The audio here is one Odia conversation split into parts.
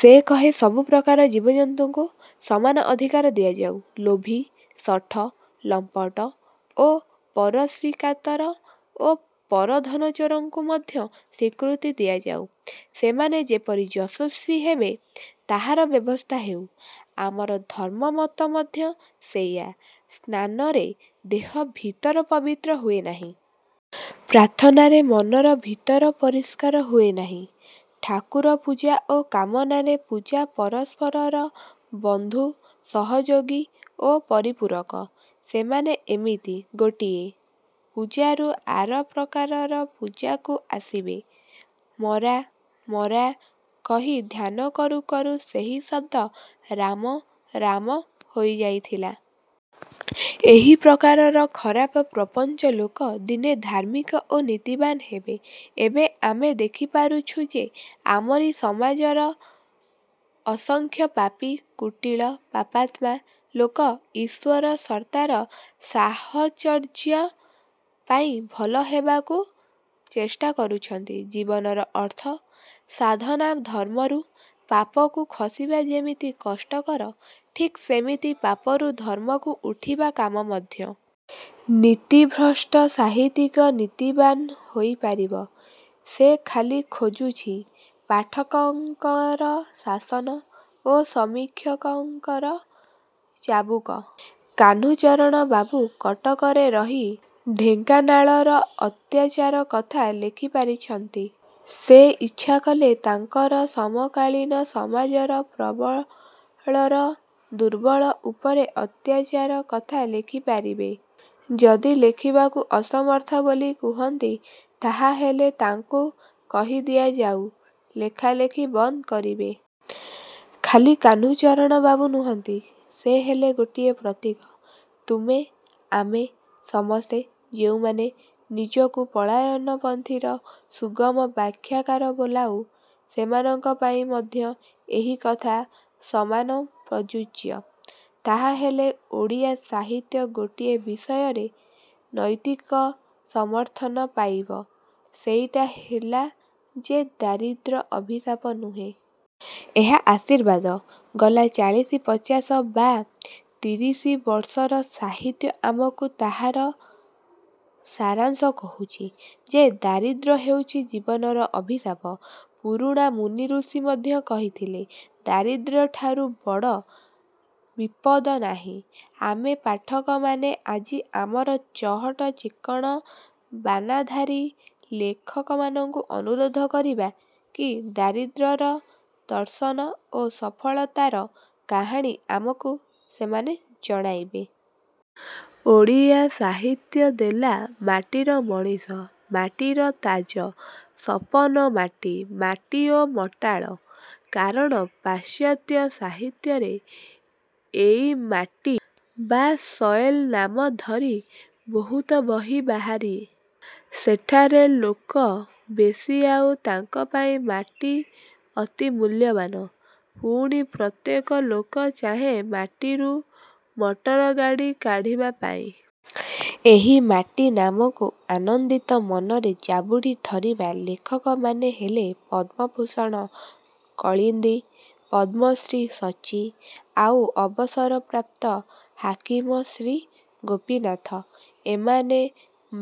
ସେ କହେ ସବୁ ପ୍ରକାରର ଜୀବଜନ୍ତୁଙ୍କୁ ସମାନ ଅଧିକାର ଦିଆଯାଉ-ଲୋଭୀ, ଶଠ, ଲମ୍ପଟ ଓ ପରଶ୍ରୀକାତର ଓ ପରଧନଚୋରଙ୍କୁ ମଧ୍ୟ ସ୍ୱୀକୃତି ଦିଆଯାଉ। ସେମାନେ ଯେପରି ଯଶସ୍ୱୀ ହେବେ ତାହାର ବ୍ୟବସ୍ଥା ହେଉ। ଆମର ଧର୍ମମତ ମଧ୍ୟ ସେଇଆ। ସ୍ନାନରେ ଦେହ ଭିତର ପବିତ୍ର ହୁଏ ନାହିଁ। ପ୍ରାର୍ଥନାରେ ମନର ଭିତର ପରିଷ୍କାର ହୁଏ ନାହିଁ। ଠାକୁର ପୂଜା ଓ କାମନାର ପୂଜା ପରସ୍ପରର ବନ୍ଧୁ, ସହଯୋଗୀ ଓ ପରିପୂରକ। ସେମାନେ ଏମିତି ଗୋଟିଏ। ପୂଜାରୁ ଆର ପ୍ରକାରର ପୂଜାକୁ ଆସିବେ। ମ-ରା ମ-ରା କହି ଧ୍ୟାନ କରୁ କରୁ ସେହି ଶଦ୍ଦ ରାମ-ରାମ ହୋଇ ଯାଇଥିଲା। ଏହିପ୍ରକାରର ଖରାପ ପ୍ରପଞ୍ଚ ଲୋକ ଦିନେ ଧାର୍ମିକ ଓ ନୀତିବାନ୍ ହେବେ। ଏବେ ଆମେ ଦେଖିପାରୁଛୁ ଯେ ଆମରି ସମାଜର ଅସଂଖ୍ୟ ପାପୀ, କୁଟିଳ, ପାପାତ୍ମା ଲୋକ ଈଶ୍ୱର ସତ୍ତାର ସାହଚର୍ଯ୍ୟ ପାଇ ଭଲ ହେବାକୁ ଚେଷ୍ଟା କରୁଛନ୍ତି। ଜୀବନର ଅର୍ଥ ସାଧନା-ଧର୍ମରୁ ପାପକୁ ଖସିବା ଯେମିତି କଷ୍ଟକର ଠିକ୍ ସେମିତି ପାପରୁ ଧର୍ମକୁ ଉଠିବା କାମ ମଧ୍ୟ। ନୀତିଭ୍ରଷ୍ଟ ସାହିତ୍ୟିକ ନୀତିବାନ ହୋଇପାରିବ। ସେ ଖାଲି ଖୋଜୁଛି ପାଠକଙ୍କର ଶାସନ ଓ ସମୀକ୍ଷକଙ୍କର ଚାବୁକ। କାହ୍ନୁଚରଣବାବୁ କଟକରେ ରହି ଢେଙ୍କାନାଳର ଅତ୍ୟାଚାର କଥା ଲେଖିପାରିଛନ୍ତି। ସେ ଇଚ୍ଛା କଲେ ତାଙ୍କର ସମକାଳୀନ ସମାଜର ପ୍ରବଳର ଦୁର୍ବଳ ଉପରେ ଅତ୍ୟାଚାର କଥା ଲେଖିପାରିବେ। ଯଦି ଲେଖିବାକୁ ଅସମର୍ଥ ବୋଲି କୁହନ୍ତି ତାହାହେଲେ ତାଙ୍କୁ କହିଦିଆଯାଉ-ଲେଖାଲେଖି ବନ୍ଦ କରିବେ। ଖାଲି କାହ୍ନୁଚରଣବାବୁ ନୁହନ୍ତି-ସେ ହେଲେ ଗୋଟିଏ ପ୍ରତୀକ। ତମେ ଆମେ ସମସ୍ତେ ଯେଉଁମାନେ ନିଜକୁ ପଳାୟନପନ୍ଥୀର ସୁଗମ ବାଖ୍ୟାକାର ବୋଲାଉ ସେମାନଙ୍କ ପାଇଁ ମଧ୍ୟ ଏହି କଥା ସମାନ ପ୍ରଯୁଯ୍ୟ। ତାହାହେଲେ ଓଡ଼ିଆ ସାହିତ୍ୟ ଗୋଟିଏ ବିଷୟରେ ନୈତିକ ସମର୍ଥନ ପାଇବ-ସେଇଟା ହେଲା ଯେ ଦାରିଦ୍ର୍ୟ ଅଭିଶାପ ନୁହେଁ। ଏହା ଆଶୀର୍ବାଦ। ଗଲା ଚାଳଶି ପଚାଶ ବା ତିରିଶିବର୍ଷର ସାହିତ୍ୟ ଆମକୁ ତାହାର ସାରାଂଶ କହୁଛି ଯେ ଦାରିଦ୍ର୍ୟ ହେଉଛି ଜୀବନର ଅଭିଶାପ। ପୁରୁଣା ମୁନିଋଷି ମଧ୍ୟ କହିଥିଲେ-ଦାରିଦ୍ର୍ୟଠାରୁ ବଡ଼ ବିପଦ ନାହିଁ। ଆମେ ପାଠକମାନେ ଆଜି ଆମର ଚହଟ ଚିକ୍କଣ ବାନାଧାରୀ ଲେଖକମାନଙ୍କୁ ଅନୁରୋଧ କରିବା କି-ଦାରିଦ୍ର୍ୟର ଦର୍ଶନ ଓ ସଫଳତାର କାହାଣୀ ଆମକୁ ସେମାନେ ଜଣାଇବେ। ଓଡ଼ିଆ ସାହିତ୍ୟ ଦେଲା-ମାଟିର ମଣିଷ, ମାଟିର ତାଜ, ସପନ ମାଟି, ମାଟି ଓ ମଟାଳ-। କାରଣ ପାଶ୍ଚାତ୍ୟ ସାହିତ୍ୟରେ ଏଇ ମାଟି ବା ସଏଲ୍ ନାମ ଧରି ବହୁତ ବହି ବାହାରେ-। ସେଠାରେ ଲୋକ ବେଶି ଆଉ ତାଙ୍କପାଇଁ ମାଟି ଅତି ମୂଲ୍ୟବାନ। ପୁଣି ପ୍ରତ୍ୟେକ ଲୋକ ଚାହେଁ ମାଟିରୁ ମଟରଗାଡ଼ି କାଢ଼ିବା ପାଇଁ। ଏହି ମାଟି ନାମକୁ ଆନନ୍ଦିତ ମନରେ ଜାବୁଡ଼ି ଧରିବା ଲେଖକମାନେ ହେଲେ ପଦ୍ମଭୂଷଣ କଳିନ୍ଦୀ, ପଦ୍ମଶ୍ରୀ ସଚ୍ଚି ଆଉ ଅବସରପ୍ରାପ୍ତ ହାକିମ ଶ୍ରୀ ଗୋପୀନାଥ। ଏମାନେ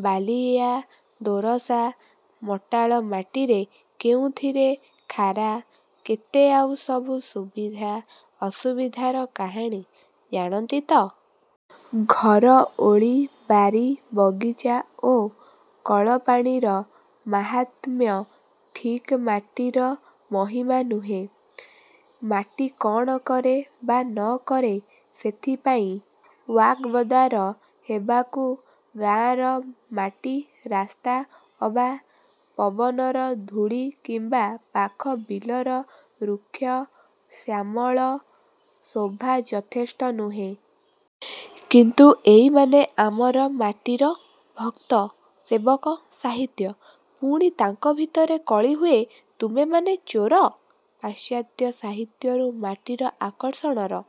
ବାଲିଆ, ଦୋରସା, ମଟାଳ ମାଟିରେ କେଉଁଥିରେ ଖାରା କେତେ ଆଉ ସବୁ ସୁବିଧା ଅସୁବିଧାର କାହାଣୀ ଜାଣନ୍ତି ତ? ଘର ଓଳି ବାରି ବଗିଚା ଓ କଳପାଣିର ମାହାତ୍ମ୍ୟ ଠିକ୍ ମାଟିର ମହିମା ନୁହେଁ। ମାଟି କ'ଣ କରେ ବା ନ କରେ ସେଥିପାଇଁ ୱାକବଦାର ହେବାକୁ ଗାଁର ମାଟି ରାସ୍ତା ଅବା ପବନର ଧୂଳି କିମ୍ୱା ପାଖ ବିଲର ରୁକ୍ଷ ଶ୍ୟାମଳ ଶୋଭା ଯଥେଷ୍ଟ ନୁହେଁ। କିନ୍ତୁ ଏଇମାନେ ଆମର ମାଟିର ଭକ୍ତ-ସେବକ-ସାହିତ୍ୟିକ। ପୁଣି ତାଙ୍କ ଭିତରେ କଳି ହୁଏ-ତୁମେମାନେ ଚୋର। ପାଶ୍ଚାତ୍ୟ ସାହିତ୍ୟରୁ ମାଟିର ଆକର୍ଷଣର